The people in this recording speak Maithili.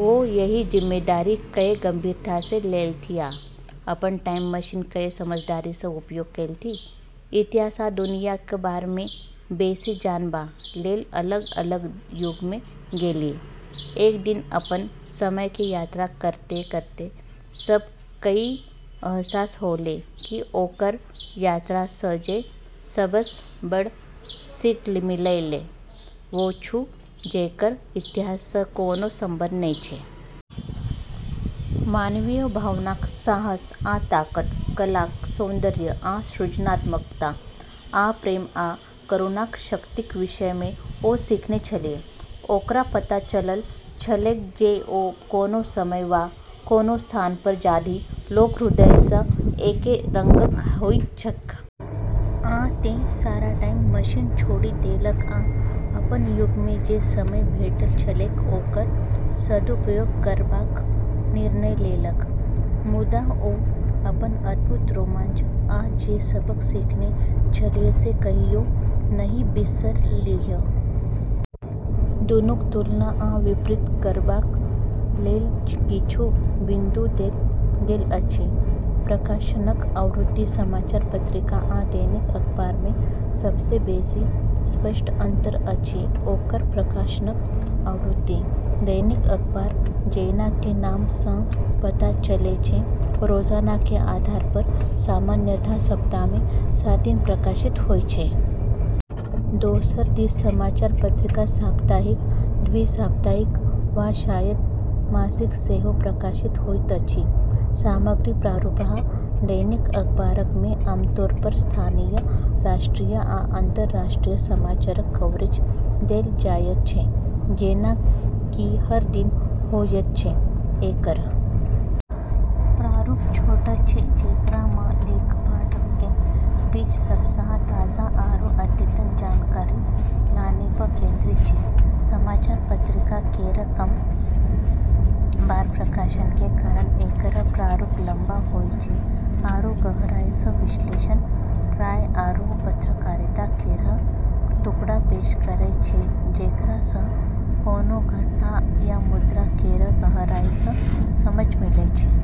ओ एहि जिम्मेदारी कए गंभीरता स लेलथि आ अपन टाइम मशीन कए समझदारी स उपयोग केलथि, इतिहास आ दुनिया क बारे मे बेसी जानबा लेल अलग-अलग युग मे गेलीह। एक दिन अपनऽ समय के यात्रा करते-करते सभ कऽ ई अहसास होलै कि ओकरऽ यात्रा सऽ जे सबसऽ बड़ऽ सीख मिललै, वू छै जेकरऽ इतिहास सऽ कोनो संबंध नै छै। मानवीय भावनाक साहस आ ताकत, कलाक सौन्दर्य आ सृजनात्मकता, आ प्रेम आ करुणाक शक्तिक विषय मे ओ सीखने छलीह। ओकरा पता चलल छलैक जे ओ कोनो समय वा कोनो स्थान पर जाथि, लोक हृदय सँ एके रंगक होइत छैक। आ तें, सारा टाइम मशीन छोड़ि देलक आ अपन युग मे जे समय भेटल छलैक ओकर सदुपयोग करबाक निर्णय लेलक। मुदा ओ अपन अद्भुत रोमांच, आ जे सबक सीखने छलीह से कहियो नहि बिसरलीह। दुनूक तुलना आ विपरीत करबाक लेल किछु बिन्दु देल गेल अछि। प्रकाशनक आवृत्ति: समाचार पत्रिका आ दैनिक अखबार मे सबसँ बेसी स्पष्ट अंतर अछि ओकर प्रकाशनक आवृत्ति। दैनिक अखबार, जेना कि नाम सं पता चलै छै, रोजाना के आधार पर, सामान्यतः सप्ताह में सात दिन प्रकाशित होय छै। दोसर दिस समाचार पत्रिका साप्ताहिक, द्विसाप्ताहिक, वा शायद मासिक सेहो प्रकाशित होइत अछि। सामग्री प्रारूप: दैनिक अखबारक मे आमतौर पर स्थानीय, राष्ट्रीय आ अंतर्राष्ट्रीय समाचारक कवरेज देल जायत छै जेना कि हर दिन होयत छै ।एकरऽ प्रारूप छोटऽ छै, जेकरा मऽ लेख पाठकऽ के बीच सबसऽ ताजा आरू अद्यतन जानकारी लानै पऽ केंद्रित छै। समाचार पत्रिका केरऽ कम बार प्रकाशन के कारण एकरऽ प्रारूप लम्बा होय छै आरू गहराई सऽ विश्लेषण, राय, आरू पत्रकारिता केरऽ टुकड़ा पेश करै छै जेकरा सऽ कोनो घटना या मुद्दा केरऽ गहराई सऽ समझ मिलै छै।